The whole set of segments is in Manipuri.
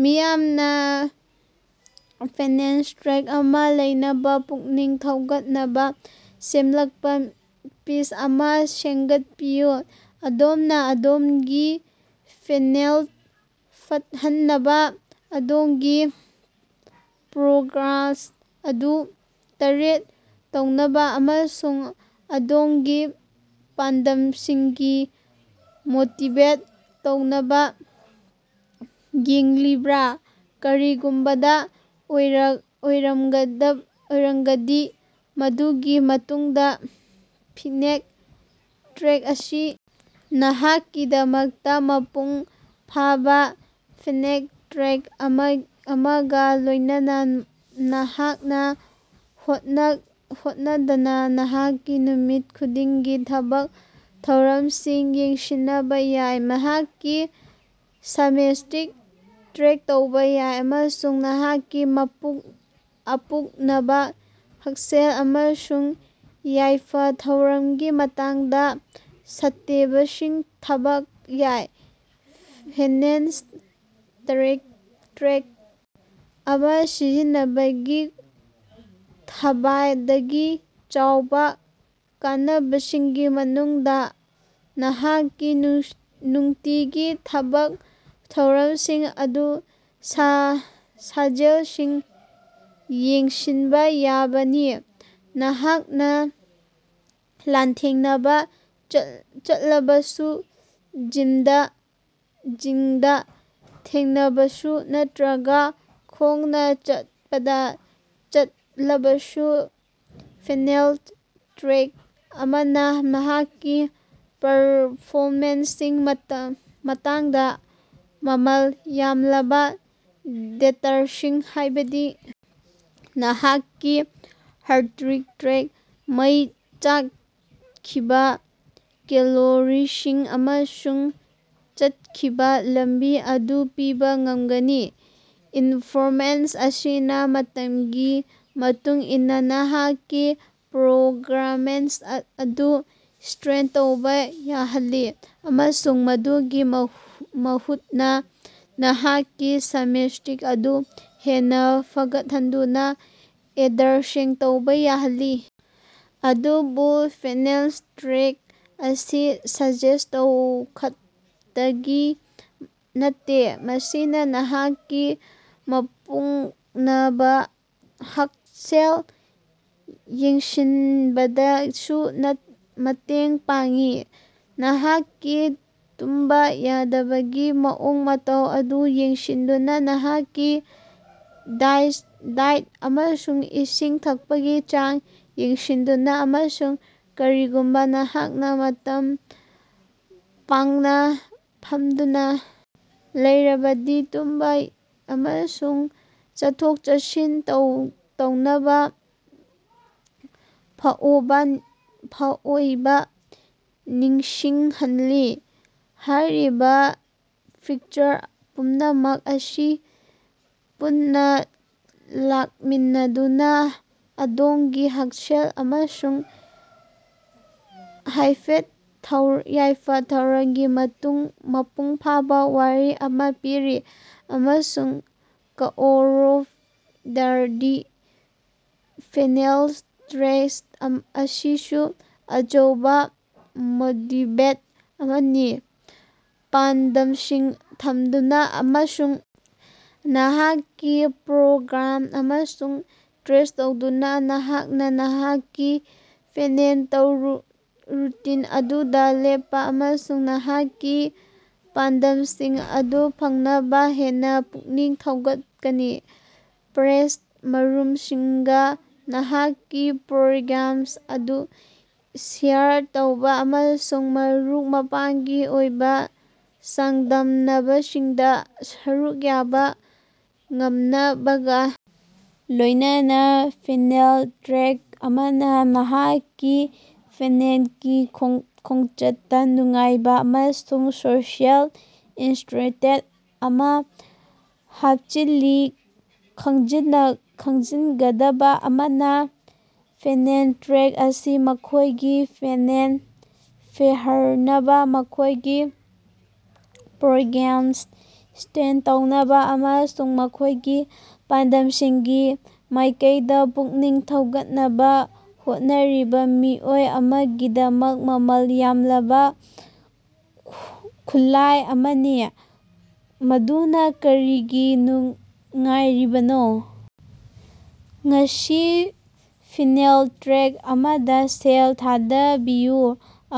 ‎ꯃꯤꯌꯥꯝꯅꯥ ꯐꯤꯠꯅꯦꯁ ꯇ꯭ꯔꯦꯀꯔ ꯑꯃꯥ ꯂꯧꯅꯕꯥ ꯄꯨꯛꯅꯤꯡ ꯊꯧꯒꯠꯅꯕꯥ ꯁꯦꯂꯁ ꯄꯤꯆ ꯑꯃꯥ ꯁꯦꯃꯒꯠꯄꯤꯌꯨ꯫ ꯑꯗꯣꯝꯅꯥ ꯑꯗꯣꯝꯒꯤ ꯐꯤꯠꯅꯦꯁ ꯐꯒꯠꯍꯟꯅꯕꯥ, ꯑꯗꯣꯝꯒꯤ ꯄ꯭ꯔꯣꯒ꯭ꯔꯦꯁ ꯑꯗꯨ ꯇ꯭ꯔꯦꯛ ꯇꯧꯅꯕꯥ ꯑꯃꯁꯨꯡ ꯑꯗꯣꯝꯒꯤ ꯄꯥꯟꯗꯝꯁꯤꯡꯒꯤ ꯃꯣꯇꯤꯕꯦꯠ ꯇꯧꯅꯕꯥ ꯌꯦꯡꯂꯤꯕ꯭ꯔꯥ? ꯀꯔꯤꯒꯨꯝꯕꯥ ꯑꯣꯏꯔꯒꯗꯤ ꯃꯗꯨꯒꯤ ꯃꯇꯨꯡꯗꯥ ꯐꯤꯠꯅꯦꯁ ꯇ꯭ꯔꯦꯀꯔ ꯑꯁꯤ ꯅꯍꯥꯛꯀꯤꯗꯃꯛꯇꯥ ꯃꯄꯨꯡ ꯐꯥꯕꯥ ꯐꯤꯠꯅꯦꯁ ꯇ꯭ꯔꯦꯀꯔ ꯑꯃꯒꯥ ꯂꯣꯏꯅꯅꯥ ꯅꯍꯥꯛꯅꯥ ꯍꯣꯠꯅꯗꯅꯥ ꯅꯍꯥꯛꯀꯤ ꯅꯨꯃꯤꯠ ꯈꯨꯗꯤꯡꯒꯤ ꯊꯕꯛ ꯊꯧꯔꯝꯁꯤꯡ ꯌꯦꯡꯁꯤꯅꯕꯥ ꯌꯥꯏ꯫ ꯅꯍꯥꯛꯀꯤ ꯁꯥꯖꯦꯟꯁꯤꯡ ꯇ꯭ꯔꯦꯛ ꯇꯧꯕꯥ ꯌꯥꯏ ꯑꯃꯁꯨꯡ ꯅꯍꯥꯛꯀꯤ ꯑꯄꯨꯅꯕꯥ ꯍꯛꯁꯦꯜ ꯑꯃꯁꯨꯡ ꯌꯥꯏꯐ-ꯊꯧꯔꯥꯡꯒꯤ ꯃꯇꯥꯡꯗꯥ ꯁꯇꯦꯕꯁꯤꯡ ꯊꯝꯕꯥ ꯌꯥꯏ꯫ ꯐꯤꯠꯅꯦꯁ ꯇ꯭ꯔꯦꯀꯔ ꯑꯃꯥ ꯁꯤꯖꯤꯟꯅꯕꯒꯤ ꯈ꯭ꯕꯥꯏꯗꯒꯤ ꯆꯥꯎꯕꯥ ꯀꯥꯟꯅꯕꯁꯤꯡꯒꯤ ꯃꯅꯨꯡꯗꯥ ꯅꯍꯥꯛꯀꯤ ꯅꯨꯡꯇꯤꯒꯤ ꯊꯕꯛ ꯊꯧꯔꯃꯁꯤꯡ ꯑꯃꯁꯨꯡ ꯁꯥꯖꯦꯟꯁꯤꯡ ꯌꯦꯡꯁꯤꯟꯕꯥ ꯉꯝꯕꯅꯤ꯫ ꯅꯍꯥꯛꯅꯥ ꯂꯥꯟꯊꯦꯡꯅꯕ ꯆꯠꯂꯕꯁꯨ, ꯖꯤꯝꯗꯥ ꯊꯦꯡꯅꯔꯕꯁꯨ ꯅꯠꯇ꯭ꯔꯒꯥ ꯈꯣꯡꯅꯥ ꯆꯠꯄꯗꯥ ꯆꯠꯂꯕꯁꯨ, ꯐꯤꯠꯅꯦꯁ ꯇ꯭ꯔꯦꯀꯔ ꯑꯃꯅꯥ ꯅꯍꯥꯛꯀꯤ ꯄꯔꯐꯣꯃꯦꯟꯁꯀꯤ ꯃꯇꯥꯡꯗꯥ ꯃꯃꯜ ꯌꯥꯝꯂꯕꯥ ꯗꯦꯇꯥꯁꯤꯡ, ꯍꯥꯏꯕꯗꯤ ꯅꯍꯥꯛꯀꯤ ꯍꯥꯔꯇꯀꯤ ꯔꯦꯠ, ꯃꯩ ꯆꯥꯛꯈꯤꯕꯥ ꯀꯦꯂꯣꯔꯤꯁꯤꯡ, ꯑꯃꯁꯨꯡ ꯆꯠꯈꯤꯕꯥ ꯂꯝꯕꯤ ꯑꯗꯨ ꯄꯤꯕꯥ ꯉꯝꯒꯅꯤ꯫ ꯏꯟꯐꯣꯔꯃꯦꯁꯟ ꯑꯁꯤꯅꯥ ꯃꯇꯝꯒꯤ ꯃꯇꯨꯡꯏꯟꯅꯥ ꯅꯍꯥꯛꯀꯤ ꯄ꯭ꯔꯣꯒ꯭ꯔꯦꯁ ꯑꯗꯨ ꯇ꯭ꯔꯦꯛ ꯇꯧꯕꯥ ꯌꯥꯍꯜꯂꯤ ꯑꯃꯁꯨꯡ ꯃꯗꯨꯒꯤ ꯃꯇꯨꯡꯏꯟꯅꯥ ꯅꯍꯥꯛꯀꯤ ꯁꯥꯖꯦꯟꯁꯤꯡ ꯑꯗꯨ ꯍꯦꯟꯅꯥ ꯐꯒꯠꯍꯟꯗꯨꯅꯥ ꯑꯦꯗꯖꯁ꯭ꯠ ꯇꯧꯕꯥ ꯌꯥꯍꯜꯂꯤ꯫ ꯑꯗꯨꯕꯨ ꯐꯤꯠꯅꯦꯁ ꯇ꯭ꯔꯦꯀꯔ ꯑꯁꯤ ꯁꯥꯖꯦꯟ ꯇꯧꯕꯈꯛꯇꯒꯤ ꯅꯠꯇꯦ꯫ ꯃꯁꯤꯅꯥ ꯅꯍꯥꯛꯀꯤ ꯑꯄꯨꯅꯜꯟꯕꯥ ꯍꯛꯁꯦꯜ ꯌꯦꯡꯁꯤꯟꯕꯗꯁꯨ ꯃꯇꯦꯡ ꯄꯥꯡꯏ, ꯅꯍꯥꯛꯀꯤ ꯇꯨꯝꯕꯥ ꯌꯥꯗꯕꯒꯤ ꯃꯑꯣꯡ-ꯃꯇꯧ ꯑꯗꯨ ꯌꯦꯡꯁꯤꯟꯗꯨꯅꯥ, ꯅꯍꯥꯛꯀꯤ ꯗꯥꯏꯠ ꯑꯃꯁꯨꯡ ꯏꯁꯤꯡ ꯊꯛꯄꯒꯤ ꯆꯥꯡ ꯌꯦꯡꯁꯤꯟꯗꯨꯅꯥ, ꯑꯃꯁꯨꯡ ꯀꯔꯤꯒꯨꯝꯕꯥ ꯅꯍꯥꯛꯅꯥ ꯃꯇꯝ ꯁꯥꯡꯅꯥ ꯐꯝꯗꯨꯅꯥ ꯂꯩꯔꯕꯗꯤ ꯇꯨꯝꯕꯥ ꯑꯃꯁꯨꯡ ꯆꯠꯊꯣꯛ-ꯆꯠꯁꯤꯟ ꯇꯧꯅꯕꯥ ꯐꯥꯑꯣꯕꯥ ꯅꯤꯡꯁꯤꯡꯍꯜꯂꯤ꯫ ꯍꯥꯏꯔꯤꯕꯥ ꯐꯤꯆꯔ ꯄꯨꯝꯅꯃꯛ ꯑꯁꯤ ꯄꯨꯟꯅꯥ ꯂꯥꯛꯃꯤꯟꯅꯗꯨꯅꯥ ꯑꯗꯣꯝꯒꯤ ꯍꯛꯁꯦꯜ ꯑꯃꯁꯨꯡ ꯌꯥꯏꯐ-ꯊꯧꯔꯥꯡꯒꯤ ꯃꯄꯨꯡ ꯐꯥꯕꯥ ꯋꯥꯔꯤ ꯑꯃꯥ ꯄꯤꯔꯤ꯫ ꯑꯃꯁꯨꯡ ꯀꯥꯑꯣꯔꯣꯏꯗꯕꯗꯤ ꯐꯤꯠꯅꯦꯁ ꯇ꯭ꯔꯦꯀꯔ ꯑꯁꯤꯁꯨ ꯑꯆꯧꯕꯥ ꯃꯣꯇꯤꯕꯦꯇꯔ ꯑꯃꯅꯤ꯫ ꯄꯥꯟꯗꯝꯁꯤꯡ ꯊꯝꯗꯨꯅꯥ ꯑꯃꯁꯨꯡ ꯅꯍꯥꯛꯀꯤ ꯄ꯭ꯔꯣꯒ꯭ꯔꯦꯁ ꯑꯗꯨ ꯇ꯭ꯔꯦꯛ ꯇꯧꯗꯨꯅꯥ, ꯅꯍꯥꯛꯅꯥ ꯅꯍꯥꯛꯀꯤ ꯐꯤꯠꯅꯦꯁ ꯔꯨꯇꯤꯟ ꯑꯗꯨꯗꯥ ꯂꯦꯞꯄꯥ ꯑꯃꯁꯨꯡ ꯅꯍꯥꯛꯀꯤ ꯄꯥꯟꯗꯝꯁꯤꯡ ꯑꯗꯨ ꯐꯪꯅꯕꯥ ꯍꯦꯟꯅꯥ ꯄꯨꯛꯅꯤꯡ ꯊꯧꯒꯠꯀꯅꯤ꯫ ꯄ꯭ꯂꯥꯁ, ꯃꯔꯨꯞꯁꯤꯡꯒꯥ ꯅꯍꯥꯛꯀꯤ ꯄ꯭ꯔꯣꯒ꯭ꯔꯦꯁ ꯑꯗꯨ ꯁꯦꯌꯔ ꯇꯧꯕꯥ ꯑꯃꯁꯨꯡ ꯃꯔꯨꯞ-ꯃꯄꯥꯡꯒꯤ ꯑꯣꯏꯕꯥ ꯆꯥꯡꯗꯝꯅꯕꯁꯤꯡꯗꯥ ꯁꯔꯨꯛ ꯌꯥꯕꯥ ꯉꯝꯕꯒꯥ ꯂꯣꯏꯅꯅꯥ, ꯐꯤꯠꯅꯦꯁ ꯇ꯭ꯔꯦꯀꯔ ꯑꯃꯅꯥ ꯅꯍꯥꯛꯀꯤ ꯐꯤꯠꯅꯦꯁꯀꯤ ꯈꯣꯡꯆꯠꯇꯥ ꯅꯨꯡꯉꯥꯏꯕꯥ ꯑꯃꯁꯨꯡ ꯁꯣꯁꯤꯑꯦꯜ ꯏꯂꯤꯃꯦꯟꯇ ꯑꯃꯥ ꯍꯥꯄꯆꯤꯜꯂꯤ꯫ ꯈꯪꯖꯤꯅꯒꯗꯕꯥ ꯑꯃꯅꯥ, ꯐꯤꯠꯅꯦꯁ ꯇ꯭ꯔꯦꯀꯔ ꯑꯁꯤ ꯃꯈꯣꯏꯒꯤ ꯐꯤꯠꯅꯦꯁ ꯐꯒꯠꯍꯟꯅꯕꯥ, ꯃꯈꯣꯏꯒꯤ ꯄ꯭ꯔꯣꯒ꯭ꯔꯦꯁ ꯇ꯭ꯔꯦꯛ ꯇꯧꯅꯕꯥ ꯑꯃꯁꯨꯡ ꯃꯈꯣꯏꯒꯤ ꯄꯥꯟꯗꯝꯁꯤꯡꯒꯤ ꯃꯥꯏꯀꯩꯗꯥ ꯄꯨꯛꯅꯤꯡ ꯊꯧꯒꯠꯅꯕꯥ ꯍꯣꯠꯅꯔꯤꯕꯥ ꯃꯤꯑꯣꯏ ꯑꯃꯒꯤꯗꯃꯛ ꯃꯃꯜ ꯌꯥꯝꯂꯕꯥ ꯈꯨꯠꯂꯥꯏ ꯑꯃꯅꯤ꯫ ꯑꯗꯨꯅꯥ ꯀꯔꯤꯒꯤ ꯉꯥꯏꯔꯤꯕꯅꯣ? ꯉꯁꯤ ꯐꯤꯠꯅꯦꯁ ꯇ꯭ꯔꯦꯀꯔ ꯑꯃꯗꯥ ꯁꯦꯜ ꯊꯥꯗꯕꯤꯌꯨ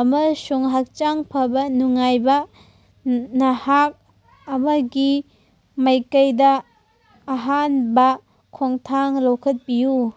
ꯑꯃꯁꯨꯡ ꯍꯛꯆꯥꯡ ꯐꯕ, ꯅꯨꯡꯉꯥꯏꯕꯥ ꯅꯍꯥꯛ ꯑꯃꯒꯤ ꯃꯥꯏꯀꯩꯗꯥ ꯑꯍꯥꯟꯕꯥ ꯈꯣꯡꯊꯥꯡ ꯂꯧꯈꯠꯄꯤꯌꯨ꯫ ‎